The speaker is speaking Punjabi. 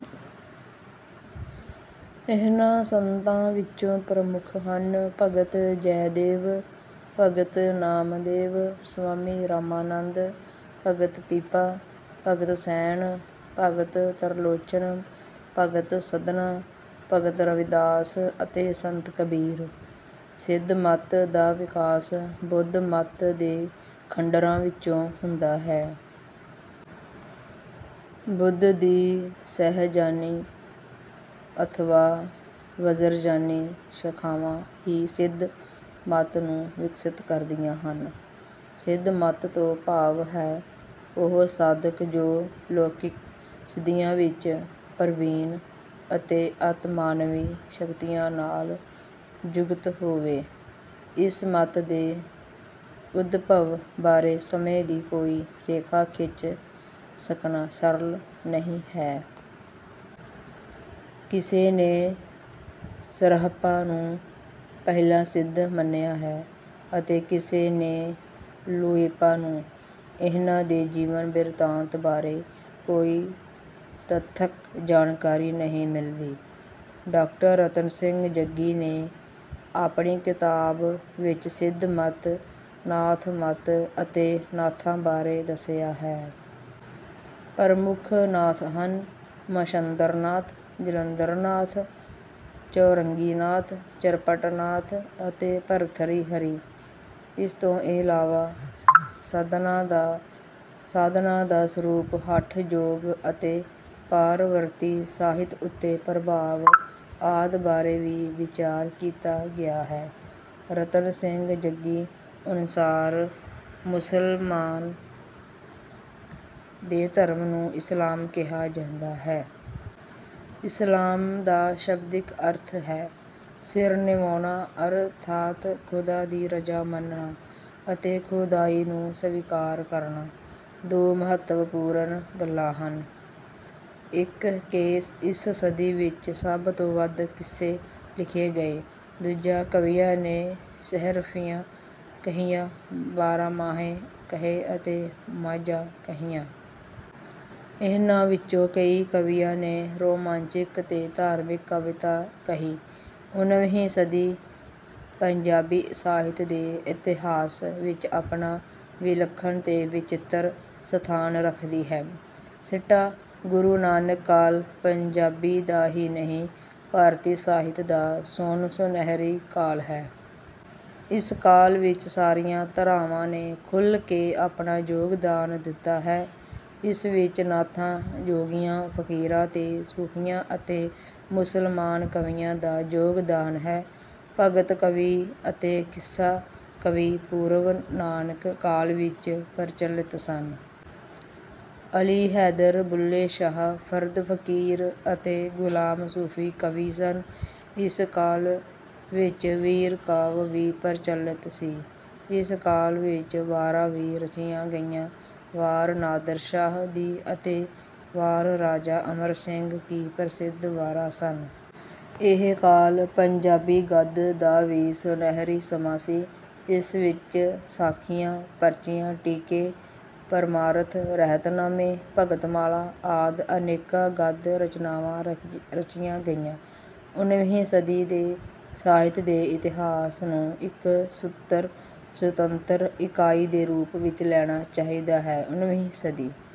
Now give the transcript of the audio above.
ਇਨ੍ਹਾਂ ਸੰਤਾਂ ਵਿੱਚ ਪ੍ਰਮੁੱਖ ਹਨ ਭਗਤ ਜੈਦੇਵ, ਭਗਤ ਨਾਮਦੇਵ, ਸੁਆਮੀ ਰਾਮਾਨੰਦ, ਭਗਤ ਪੀਪਾ, ਭਗਤ ਸੈਣ, ਭਗਤ ਤ੍ਰਿਲੋਚਨ, ਭਗਤ ਸਧਨਾ, ਭਗਤ ਰਵਿਦਾਸ ਅਤੇ ਸੰਤ ਕਬੀਰ। ਸਿੱਧ ਮੱਤ ਦਾ ਵਿਕਾਸ ਬੁੱਧ ਮੱਤ ਦੇ ਖੰਡਰਾਂ ਵਿੱਚੋਂ ਹੁੰਦਾ ਹੈ। ਬੁੱਧ ਦੀ ਸਹਿਜਯਾਨੀ ਅਥਵਾ ਵਜ੍ਰਯਾਨੀ ਸ਼ਾਖਾਵਾਂ ਹੀ ਸਿੱਧ ਮੱਤ ਨੂੰ ਵਿਕਸਿਤ ਕਰਦੀਆਂ ਹਨ। ਸਿੱਧ ਮੱਤ ਤੋਂ ਭਾਵ ਹੈ ਉਹ ਸਾਧਕ ਜੋ ਲੌਕਿਕ ਸਿੱਧੀਆਂ ਵਿੱਚ ਪ੍ਰਬੀਨ ਅਤੇ ਅਤਿ-ਮਾਨਵੀ ਸ਼ਕਤੀਆਂ ਨਾਲ ਯੁਕਤ ਹੋਵੇ। ਇਸ ਮੱਤ ਦੇ ਉਦਭਵ ਬਾਰੇ ਸਮੇਂ ਦੀ ਕੋਈ ਰੇਖਾ ਖਿੱਚ ਸਕਣਾ ਸਰਲ ਨਹੀਂ ਹੈ। ਕਿਸੇ ਨੇ ਸਰਹਪਾ ਨੂੰ ਪਹਿਲਾ ਸਿੱਧ ਮੰਨਿਆ ਹੈ ਅਤੇ ਕਿਸੇ ਨੇ ਲੂਇਪਾ ਨੂੰ। ਇਨ੍ਹਾਂ ਦੇ ਜੀਵਨ-ਬਿਰਤਾਂਤ ਬਾਰੇ ਕੋਈ ਤੱਥਕ ਜਾਣਕਾਰੀ ਨਹੀਂ ਮਿਲਦੀ। ਡਾਕਟਰ ਰਤਨ ਸਿੰਘ ਜੱਗੀ ਨੇ ਆਪਣੀ ਕਿਤਾਬ ਵਿੱਚ ਸਿੱਧ ਮੱਤ, ਨਾਥ ਮੱਤ ਅਤੇ ਨਾਥਾਂ ਬਾਰੇ ਦੱਸਿਆ ਹੈ। ਪ੍ਰਮੁੱਖ ਨਾਥ ਹਨ ਮਛੰਦਰ ਨਾਥ, ਜਲੰਧਰ ਨਾਥ, ਚੌਰੰਗੀਨਾਥ, ਚਰਪਟ ਨਾਥ ਅਤੇ ਭਰਥਰੀ ਹਰੀ। ਇਸ ਤੋਂ ਇਲਾਵਾ ਸਾਧਨਾ ਦਾ ਸਰੂਪ, ਹਠ ਯੋਗ ਅਤੇ ਪਰਵਰਤੀ ਸਾਹਿਤ ਉੱਤੇ ਪ੍ਰਭਾਵ ਆਦਿ ਬਾਰੇ ਵੀ ਵਿਚਾਰ ਕੀਤਾ ਗਿਆ ਹੈ। ਰਤਨ ਸਿੰਘ ਜੱਗੀ ਅਨੁਸਾਰ, ਮੁਸਲਮਾਨਾਂ ਦੇ ਧਰਮ ਨੂੰ ਇਸਲਾਮ ਕਿਹਾ ਜਾਂਦਾ ਹੈ। ਇਸਲਾਮ ਦਾ ਸ਼ਬਦਿਕ ਅਰਥ ਹੈ ਸਿਰ ਨਿਵਾਉਣਾ, ਅਰਥਾਤ ਖ਼ੁਦਾ ਦੀ ਰਜ਼ਾ ਮੰਨਣਾ ਅਤੇ ਖ਼ੁਦਾਈ ਨੂੰ ਸਵੀਕਾਰ ਕਰਨਾ। ਦੋ ਮਹੱਤਵਪੂਰਨ ਗੱਲਾਂ ਹਨ। ਇੱਕ ਕਿ ਇਸ ਸਦੀ ਵਿੱਚ ਸਭ ਤੋਂ ਵੱਧ ਕਿੱਸੇ ਲਿਖੇ ਗਏ। ਦੂਜਾ, ਕਵੀਆਂ ਨੇ ਸ਼ੀਹਰਫ਼ੀਆਂ ਕਹੀਆਂ, ਬਾਰਾਂਮਾਹੇ ਕਹੇ ਅਤੇ ਮਾਝਾਂ ਕਹੀਆਂ। ਇਨ੍ਹਾਂ ਵਿੱਚੋਂ ਕਈ ਕਵੀਆਂ ਨੇ ਰੋਮਾਂਚਿਕ ਤੇ ਧਾਰਮਿਕ ਕਵਿਤਾ ਕਹੀ। ਉਨ੍ਹੀਵੀਂ ਸਦੀ ਪੰਜਾਬੀ ਸਾਹਿਤ ਦੇ ਇਤਿਹਾਸ ਵਿੱਚ ਆਪਣਾ ਵਿਲੱਖਣ ਤੇ ਵਚਿੱਤਰ ਸਥਾਨ ਰੱਖਦੀ ਹੈ। ਸਿੱਟਾ: ਗੁਰੂ ਨਾਨਕ ਕਾਲ ਪੰਜਾਬੀ ਦਾ ਹੀ ਨਹੀਂ, ਭਾਰਤੀ ਸਾਹਿਤ ਦਾ ਸੋਨ-ਸੁਨਹਿਰੀ ਕਾਲ ਹੈ। ਇਸ ਕਾਲ ਵਿੱਚ ਸਾਰੀਆਂ ਧਾਰਾਵਾਂ ਨੇ ਖੁੱਲ੍ਹ ਕੇ ਆਪਣਾ ਯੋਗਦਾਨ ਦਿੱਤਾ ਹੈ। ਇਸ ਵਿੱਚ ਨਾਥਾਂ, ਜੋਗੀਆਂ, ਫ਼ਕੀਰਾਂ ਤੇ ਸੂਫ਼ੀਆਂ ਅਤੇ ਮੁਸਲਮਾਨ ਕਵੀਆਂ ਦਾ ਯੋਗਦਾਨ ਹੈ। ਭਗਤ ਕਵੀ ਅਤੇ ਕਿੱਸਾ ਕਵੀ ਪੂਰਵ-ਨਾਨਕ ਕਾਲ ਵਿੱਚ ਪ੍ਰਚਲਿਤ ਸਨ। ਅਲੀ ਹੈਦਰ, ਬੁੱਲ੍ਹੇ ਸ਼ਾਹ, ਫ਼ਰਦ ਫ਼ਕੀਰ ਅਤੇ ਗੁਲਾਮ ਸੂਫ਼ੀ ਕਵੀ ਸਨ। ਇਸ ਕਾਲ ਵਿੱਚ ਵੀਰ-ਕਾਵਿ ਵੀ ਪ੍ਰਚਲਿਤ ਸੀ। ਇਸ ਕਾਲ ਵਿੱਚ ਵਾਰਾਂ ਵੀ ਰਚੀਆਂ ਗਈਆਂ। ਵਾਰ ਨਾਦਰ ਸ਼ਾਹ ਦੀ’ ਅਤੇ ਵਾਰ ਰਾਜਾ ਅਮਰ ਸਿੰਘ ਕੀ’ ਪ੍ਰਸਿੱਧ ਵਾਰਾਂ ਸਨ। ਇਹ ਕਾਲ ਪੰਜਾਬੀ ਗੱਦ ਦਾ ਵੀ ਸੁਨਹਿਰੀ ਸਮਾਂ ਸੀ। ਇਸ ਵਿੱਚ ਸਾਖੀਆਂ, ਪਰਚੀਆਂ, ਟੀਕੇ, ਪਰਮਾਰਥ, ਰਹਿਤਨਾਮੇ, ਭਗਤਮਾਲਾਂ ਆਦਿ ਅਨੇਕਾਂ ਗੱਦ-ਰਚਨਾਵਾਂ ਰਚੀਆਂ ਗਈਆਂ। ਉਨ੍ਹੀਵੀਂ ਸਦੀ ਦੇ ਸਾਹਿਤ ਦੇ ਇਤਿਹਾਸ ਨੂੰ ਇੱਕ ਸੁਤੰਤਰ ਇਕਾਈ ਦੇ ਰੂਪ ਵਿੱਚ ਲੈਣਾ ਚਾਹੀਦਾ ਹੈ। ਉਨ੍ਹੀਵੀਂ ਸਦੀ...